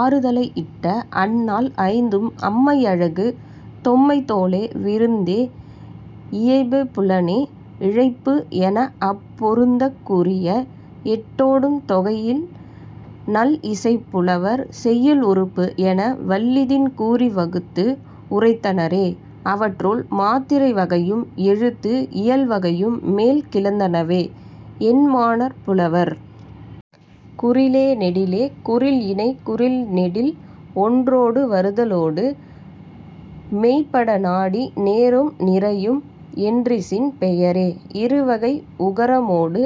ஆறு தலை இட்ட அந் நால் ஐந்தும் அம்மை அழகு தொன்மை தோலே விருந்தே இயைபே புலனே இழைபு எனாஅப் பொருந்தக் கூறிய எட்டொடும் தொகைஇ நல் இசைப் புலவர் செய்யுள் உறுப்பு என வல்லிதின் கூறி வகுத்து உரைத்தனரே. அவற்றுள், மாத்திரை வகையும் எழுத்து இயல் வகையும் மேல் கிளந்தனவே என்மனார் புலவர். குறிலே நெடிலே குறில் இணை குறில் நெடில் ஒன்றொடு வருதலொடு மெய்ப் பட நாடி நேரும் நிரையும் என்றிசின் பெயரே. இரு வகை உகரமொடு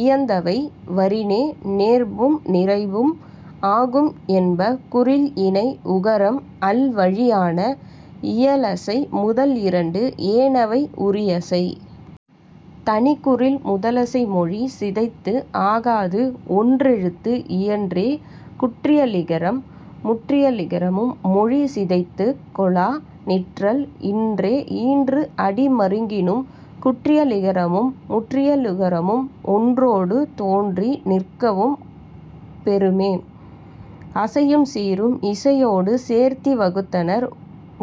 இயைந்தவை வரினே நேர்பும் நிரைபும் ஆகும் என்ப குறில் இணை உகரம் அல் வழியான. இயலசை முதல் இரண்டு ஏனவை உரியசை. தனிக் குறில் முதலசை மொழி சிதைத்து ஆகாது. ஒன்று எழுத்து இயன்றே குற்றியலிகரம். முற்றியலுகரமும் மொழி சிதைத்துக் கொளாஅ நிற்றல் இன்றே ஈற்று அடி மருங்கினும். குற்றியலுகரமும் முற்றியலுகரமும் ஒன்றொடு தோன்றி நிற்கவும் பெறுமே. அசையும் சீரும் இசையொடு சேர்த்தி வகுத்தனர்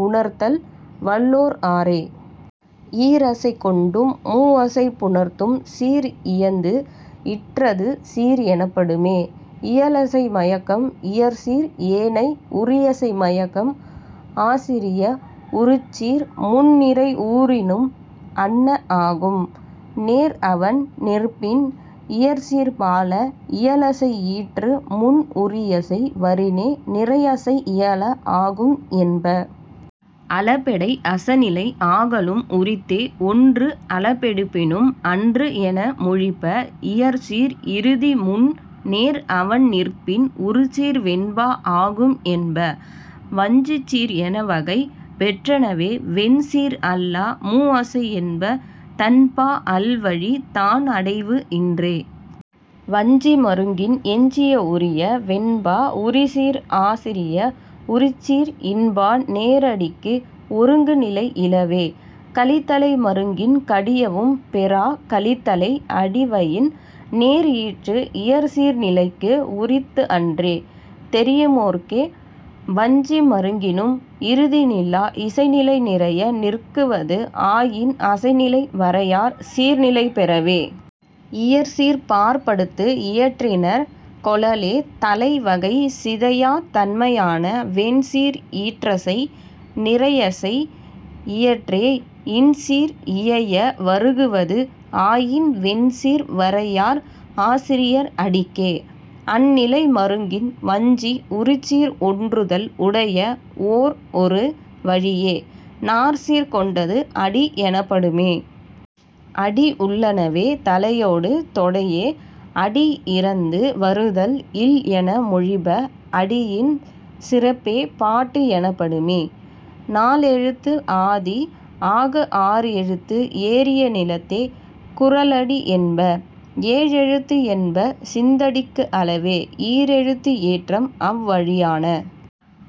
உணர்த்தல் வல்லோர் ஆறே. ஈர் அசை கொண்டும் மூ அசை புணர்ந்தும் சீர் இயைந்து இற்றது சீர் எனப்படுமே. இயலசை மயக்கம் இயற்சீர் ஏனை உரியசை மயக்கம் ஆசிரிய உரிச்சீர். முன் நிரை உறினும் அன்ன ஆகும். நேர் அவண் நிற்பின் இயற்சீர்ப் பால. இயலசை ஈற்று முன் உரியசை வரினே நிரையசை இயல ஆகும் என்ப. அளபெடை அசைநிலை ஆகலும் உரித்தே. ஒன்று அளபெடுப்பினும் அற்று என மொழிப. இயற்சீர் இறுதி முன் நேர் அவண் நிற்பின் உரிச்சீர் வெண்பா ஆகும் என்ப. வஞ்சிச் சீர் என வகை பெற்றனவே வெண் சீர் அல்லா மூ அசை என்ப. தன் பா அல் வழி தான் அடைவு இன்றே. வஞ்சி மருங்கின் எஞ்சிய உரிய. வெண்பா உரிச்சீர் ஆசிரிய உரிச்சீர் இன் பா நேரடிக்கு ஒருங்கு நிலை இலவே. கலித்தளை மருங்கின் கடியவும் பெறாஅ. கலித்தளை அடிவயின் நேர் ஈற்று இயற்சீர் நிலைக்கு உரித்து அன்றே தெரியுமோர்க்கே. வஞ்சி மருங்கினும் இறுதி நில்லா. இசைநிலை நிறைய நிற்குவது ஆயின் அசைநிலை வரையார் சீர் நிலை பெறவே. இயற்சீர்ப் பாற்படுத்து இயற்றினர் கொளலே தளை வகை சிதையாத் தன்மையான. வெண்சீர் ஈற்றசை நிரையசை இயற்றே. இன் சீர் இயைய வருகுவது ஆயின் வெண்சீர் வரையார் ஆசிரிய அடிக்கே. அந் நிலை மருங்கின் வஞ்சி உரிச்சீர் ஒன்றுதல் உடைய ஓர் ஒரு வழியே. நாற் சீர் கொண்டது அடி எனப்படுமே. அடி உள்ளனவே தளையொடு தொடையே. அடி இறந்து வருதல் இல் என மொழிப. அடியின் சிறப்பே பாட்டு எனப்படுமே. நால் எழுத்து ஆதி ஆக ஆறு எழுத்து ஏறிய நிலத்தே குறளடி என்ப. ஏழ் எழுத்து என்ப சிந்தடிக்கு அளவே ஈர் எழுத்து ஏற்றம் அவ் வழியான.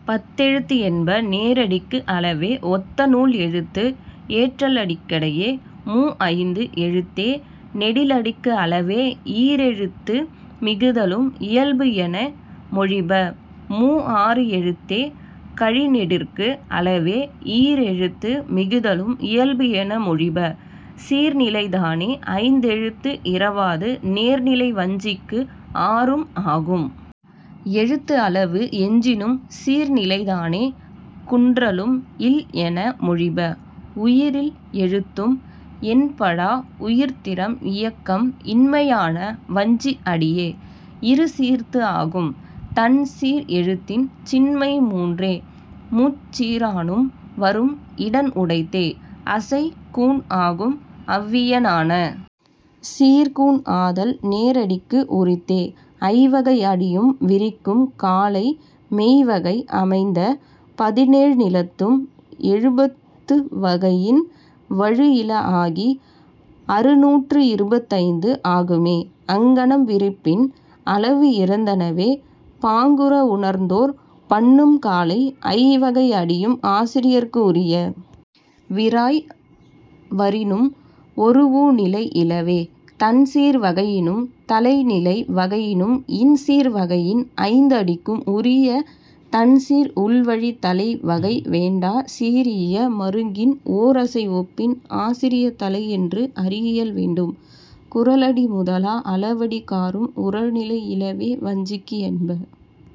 பத்து எழுத்து என்ப நேரடிக்கு அளவே ஒத்த நூல் எழுத்து ஏற்றலங்கடையே. மூ ஐந்து எழுத்தே நெடிலடிக்கு அளவே ஈர் எழுத்து மிகுதலும் இயல்பு என மொழிப. மூ ஆறு எழுத்தே கழிநெடிற்கு அளவே ஈர் எழுத்து மிகுதலும் இயல்பு என மொழிப. சீர் நிலைதானே ஐந்து எழுத்து இறவாது நேர் நிலை வஞ்சிக்கு ஆறும் ஆகும். எழுத்து அளவு எஞ்சினும் சீர் நிலைதானே குன்றலும் இல் என மொழிப. உயிர் இல் எழுத்தும் எண்ணப்படாஅ உயிர்த் திறம் இயக்கம் இன்மையான. வஞ்சி அடியே இரு சீர்த்து ஆகும். தன் சீர் எழுத்தின் சின்மை மூன்றே. முச் சீரானும் வரும் இடன் உடைத்தே. அசை கூன் ஆகும் அவ்வியனான. சீர் கூன் ஆதல் நேரடிக்கு உரித்தே. ஐ வகை அடியும் விரிக்கும் காலை மெய் வகை அமைந்த பதினேழ் நிலத்தும் எழுபத்து வகையின் வழு இல ஆகி அறுநூற்று இருபத்தைந்து ஆகும்மே. அங்கனம் விரிப்பின் அளவு இறந்தனவே பாங்குற உணர்ந்தோர் பன்னும் காலை. ஐ வகை அடியும் ஆசிரியர்க்கு உரிய. விராஅய் வரினும் ஒரூஉ நிலை இலவே. தன் சீர் வகையினும் தளை நிலை வகையினும் இன் சீர் வகையின் ஐந்து அடிக்கும் உரிய தன் சீர் உள்வழித் தளை வகை வேண்டா. சீர் இயை மருங்கின் ஓர் அசை ஒப்பின் ஆசிரியத் தளை என்று அறியல் வேண்டும். குறளடி முதலா அளவடி காறும் உறழ் நிலை இலவே வஞ்சிக்கு என்ப.।